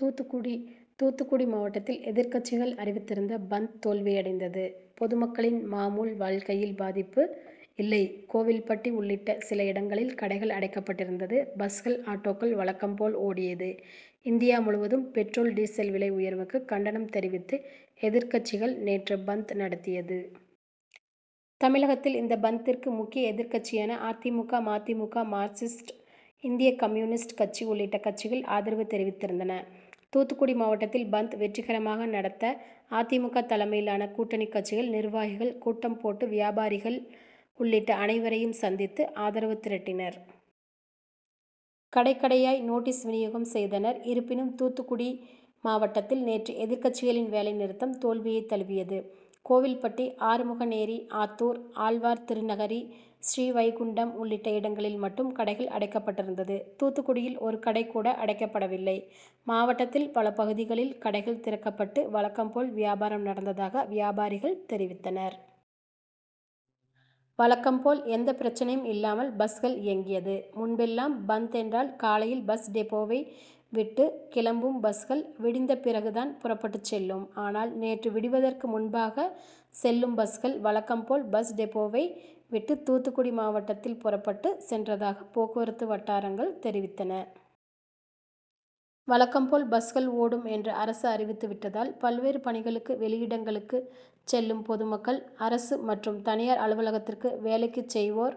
தூத்துக்குடி, தூத்துக்குடி மாவட்டத்தில் எதிர்கட்சிகள் அறிவித்திருந்த பந்த் தோல்வியடைந்தது. பொதுமக்களின் மாமூல் வாழ்க்கையில் பாதிப்பு இல்லை. கோவில்பட்டி உள்ளிட்ட சில இடங்களில் கடைகள் அடைக்கப்பட்டிருந்தது. பஸ்கள், ஆட்டோக்கள் வழக்கம் போல் ஓடியது. இந்தியா முழுவதும் பெட்ரோல், டீசல் விலை உயர்வுக்கு கண்டனம் தெரிவித்து எதிர்கட்சிகள் நேற்று பந்த் நடத்தியது. தமிழகத்தில் இந்த பந்த்திற்கு முக்கிய எதிர்கட்சியான அதிமுக, மதிமுக, மார்க்சிஸ்ட், இந்திய கம்யுனிஸ்ட் கட்சி உள்ளிட்ட கட்சிகள் ஆதரவு தெரிவித்திருந்தன. தூத்துக்குடி மாவட்டத்தில் பந்த் வெற்றிகரமாக நடத்த அதிமுக தலைமையிலான கூட்டணி கட்சிகள் நிர்வாகிகள் கூட்டம் போட்டு வியாபாரிகள் உள்ளிட்ட அனைவரையும் சந்தித்து ஆதரவு திரட்டினர். கடை, கடையாய் நோட்டீஸ் விநியோகம் செய்தனர். இருப்பினும் தூத்துக்குடி மாவட்டத்தில் நேற்று எதிர்கட்சிகளின் வேலைநிறுத்தம் தோல்வியை தழுவியது. கோவில்பட்டி, ஆறுமுகனேரி, ஆத்தூர், ஆழ்வார்திருநகரி, ஸ்ரீவைகுண்டம் உள்ளிட்ட இடங்களில் மட்டும் கடைகள் அடைக்கப்பட்டிருந்தது. தூத்துக்குடியில் ஒரு கடை கூட அடைக்கப்படவில்லை. மாவட்டத்தில் பல பகுதிகளில் கடைகள் திறக்கப்பட்டு வழக்கம் போல் வியாபாரம் நடந்ததாக வியாபாரிகள் தெரிவித்தனர். வழக்கம் போல் எந்த பிரச்னையும் இல்லாமல் பஸ்கள் இயங்கியது. முன்பெல்லாம் பந்த் என்றால் காலையில் பஸ் டெப்போவை விட்டு கிளம்பும் பஸ்கள் விடிந்த பிறகு தான் புறப்பட்டு செல்லும். ஆனால் நேற்று விடிவதற்கு முன்பாக செல்லும் பஸ்கள் வழக்கம் போல் பஸ் டெப்போவை விட்டு தூத்துக்குடி மாவட்டத்தில் புறப்பட்டு சென்றதாக போக்குவரத்து வட்டாரங்கள் தெரிவித்தன. வழக்கம் போல் பஸ்கள் ஓடும் என்று அரசு அறிவித்து விட்டதால் பல்வேறு பணிகளுக்கு வெளியிடங்களுக்கு செல்லும் பொதுமக்கள், அரசு மற்றும் தனியார் அலுவலகத்திற்கு வேலைக்கு செய்வோர்,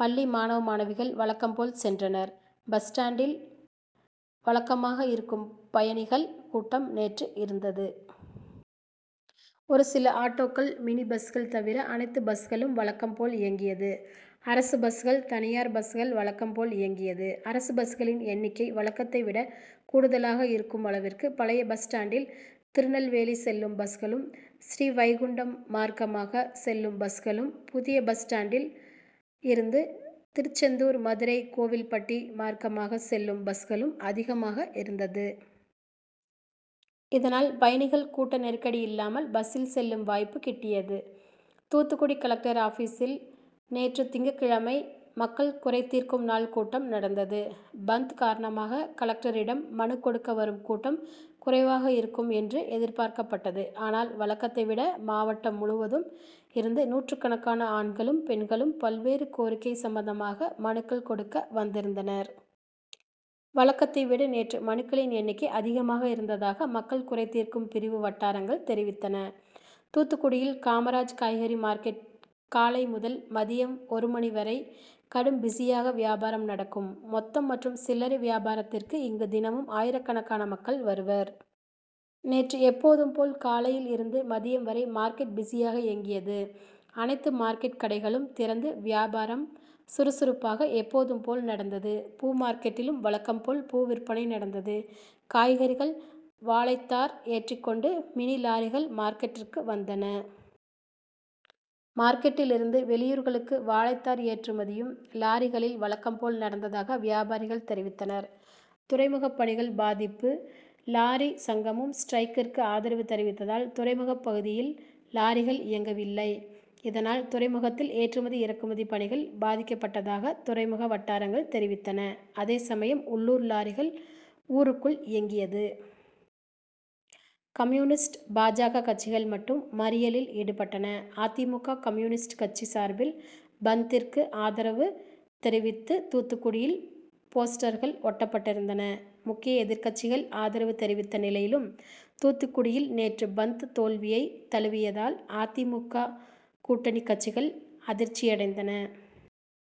பள்ளி மாணவ, மாணவிகள் வழக்கம் போல் சென்றனர். பஸ் ஸ்டாண்டில் வழக்கமாக இருக்கும் பயணிகள் கூட்டம் நேற்று இருந்தது. ஒரு சில ஆட்டோக்கள், மினி பஸ்கள் தவிர அனைத்து பஸ்களும் வழக்கம் போல் இயங்கியது. அரசு பஸ்கள், தனியார் பஸ்கள் வழக்கம் போல் இயங்கியது. அரசு பஸ்களின் எண்ணிக்கை வழக்கத்தை விட கூடுதலாக இருக்கும் அளவிற்கு பழைய பஸ் ஸ்டாண்டில் திருநெல்வேலி செல்லும் பஸ்களும், ஸ்ரீவைகுண்டம் மார்க்கமாக செல்லும் பஸ்களும், புதிய பஸ் ஸ்டாண்டில் இருந்து திருச்செந்தூர், மதுரை, கோவில்பட்டி மார்க்கமாக செல்லும் பஸ்களும் அதிகமாக இருந்தது. இதனால் பயணிகள் கூட்ட நெருக்கடி இல்லாமல் பஸ்சில் செல்லும் வாய்ப்பு கிட்டியது. தூத்துக்குடி கலெக்டர் ஆபிசில் நேற்று திங்கட்கிழமை மக்கள் குறைதீர்க்கும் நாள் கூட்டம் நடந்தது. பந்த் காரணமாக கலெக்டரிடம் மனு கொடுக்க வரும் கூட்டம் குறைவாக இருக்கும் என்று எதிர்பார்க்கப்பட்டது. ஆனால் வழக்கத்தை விட மாவட்டம் முழுவதும் இருந்து நூற்றுக்கணக்கான ஆண்களும், பெண்களும் பல்வேறு கோரிக்கை சம்பந்தமாக மனுக்கள் கொடுக்க வந்திருந்தனர். வழக்கத்தை விட நேற்று மனுக்களின் எண்ணிக்கை அதிகமாக இருந்ததாக மக்கள் குறைதீர்க்கும் பிரிவு வட்டாரங்கள் தெரிவித்தன. தூத்துக்குடியில் காமராஜ் காய்கறி மார்கெட் காலை முதல் மதியம் ஒரு மணி வரை கடும் பிசியாக வியாபாரம் நடக்கும். மொத்த மற்றும் சில்லரை வியாபாரத்திற்கு இங்கு தினமும் ஆயிரக்கணக்கான மக்கள் வருவர். நேற்று எப்போதும் போல் காலையில் இருந்து மதியம் வரை மார்க்கெட் பிசியாக இயங்கியது. அனைத்து மார்க்கெட் கடைகளும் திறந்து வியபாரம் சுறுசுறுப்பாக எப்போதும் போல் நடந்தது. பூ மார்கெட்டிலும் வழக்கம் போல் பூ விற்பனை நடந்தது. காய்கறிகள், வாழைத்தார் ஏற்றிக் கொண்டு மினி லாரிகள் மார்கெட்டிற்கு வந்தன. மார்கெட்டில் இருந்து வெளியூர்களுக்கு வாழைத்தார் ஏற்றுமதியும் லாரிகளில் வழக்கம் போல் நடந்ததாக வியாபாரிகள் தெரிவித்தனர். துறைமுக பணிகள் பாதிப்பு லாரி சங்கமும் ஸ்டிரைக்கிற்கு ஆதரவு தெரிவித்ததால் துறைமுக பகுதியில் லாரிகள் இயங்கிவில்லை. இதனால் துறைமுகத்தில் ஏற்றுமதி, இறக்குமதி பணிகள் பாதிக்கப்பட்டதாக துறைமுக வட்டாரங்கள் தெரிவித்தன. அதே சமயம் உள்ளூர் லாரிகள் ஊருக்குள் இயங்கியது. கம்யுனிஸ்ட், பா. ஜ கட்சிகள் மட்டும் மறியலில் ஈடுபட்டன. அதிமுக, கம்யுனிஸ்ட் கட்சி சார்பில் பந்த்திற்கு ஆதரவு தெரிவித்து தூத்துக்குடியில் போஸ்டர்கள் ஒட்டப்பட்டிருந்தன. முக்கிய எதிர்கட்சிகள் ஆரதவு தெரிவித்த நிலையிலும் தூத்துக்குடியில் நேற்று பந்த் தோல்வியை தழுவியதால் அதிமுக கூட்டணி கட்சிகள் அதிர்சியடைந்தன.